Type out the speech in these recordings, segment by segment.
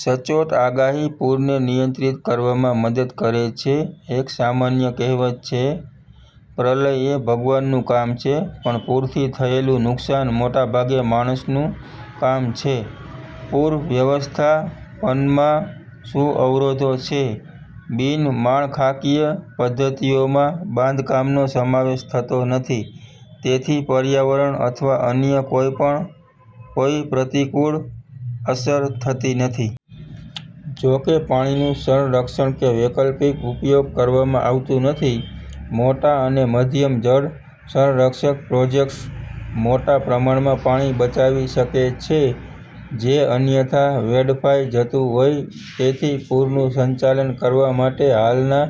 સચોટ આગાહી પૂરને નિયંત્રિત કરવામાં મદદ કરે છે. એક સામાન્ય કહેવત છે: "પ્રલય એ ભગવાનનું કામ છે, પણ પૂરથી થયેલું નુકસાન મોટાભાગે માણસનું કામ છે". પૂર વ્યવસ્થાપનમાં શું અવરોધો છે? બિન-માળખાકીય પદ્ધતિઓમાં બાંધકામનો સમાવેશ થતો નથી, તેથી પર્યાવરણ અથવા અન્ય કોઈપણ પર કોઈ પ્રતિકૂળ અસર થતી નથી. જો કે, પાણીનું સંરક્ષણ કે વૈકલ્પિક ઉપયોગ કરવામાં આવતું નથી. મોટા અને મધ્યમ જળ સંરક્ષક પ્રોજેક્ટ્સ મોટા પ્રમાણમાં પાણી બચાવી શકે છે, જે અન્યથા વેડફાઇ જતું હોત. તેથી, પૂરનું સંચાલન કરવા માટે, હાલના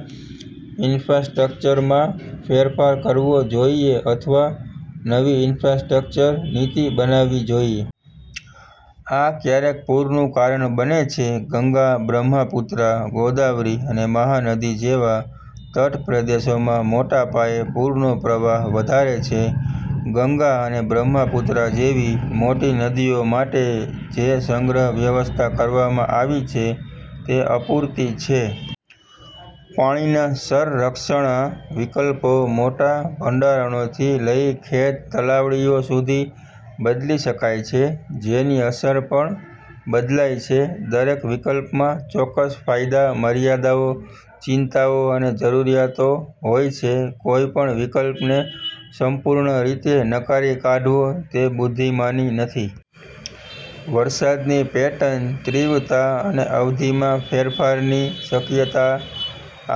ઈન્ફ્રાસ્ટ્રક્ચરમાં ફેરફાર કરવો જોઈએ અથવા નવી ઈન્ફ્રાસ્ટ્રક્ચર નીતિ બનાવવી જોઈએ. આ ક્યારેક પૂરનું કારણ બને છે. ગંગા, બ્રહ્મપુત્રા, ગોદાવરી અને મહાનદી જેવા તટપ્રદેશોમાં મોટા પાયે પૂરનો પ્રવાહ વધારે છે. ગંગા અને બ્રહ્મપુત્રા જેવી મોટી નદીઓ માટે જે સંગ્રહ વ્યવસ્થા કરવામાં આવી છે તે અપૂરતી છે. પાણીના સંરક્ષણના વિકલ્પો મોટા ભંડારણોથી લઈને ખેત તલાવડીઓ સુધી બદલી શકાય છે. જેની અસર પણ બદલાય છે. દરેક વિકલ્પમાં ચોક્કસ ફાયદા, મર્યાદાઓ, ચિંતાઓ અને જરૂરિયાતો હોય છે. કોઈપણ વિકલ્પને સંપૂર્ણ રીતે નકારી કાઢવો તે બુદ્ધિમાની નથી. વરસાદની પેટર્ન, તીવ્રતા અને અવધિમાં ફેરફારની શક્યતા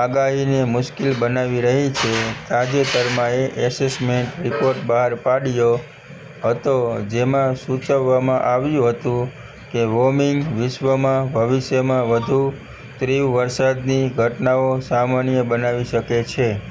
આગાહીને મુશ્કેલ બનાવી રહી છે. તાજેતરમાં એ એસેસમેન્ટ રિપોર્ટ બહાર પાડ્યો હતો, જેમાં સૂચવવામાં આવ્યું હતું કે, વોર્મિંગ વિશ્વમાં, ભવિષ્યમાં વધુ તીવ્ર વરસાદની ઘટનાઓ સામાન્ય બનાવી શકે છે.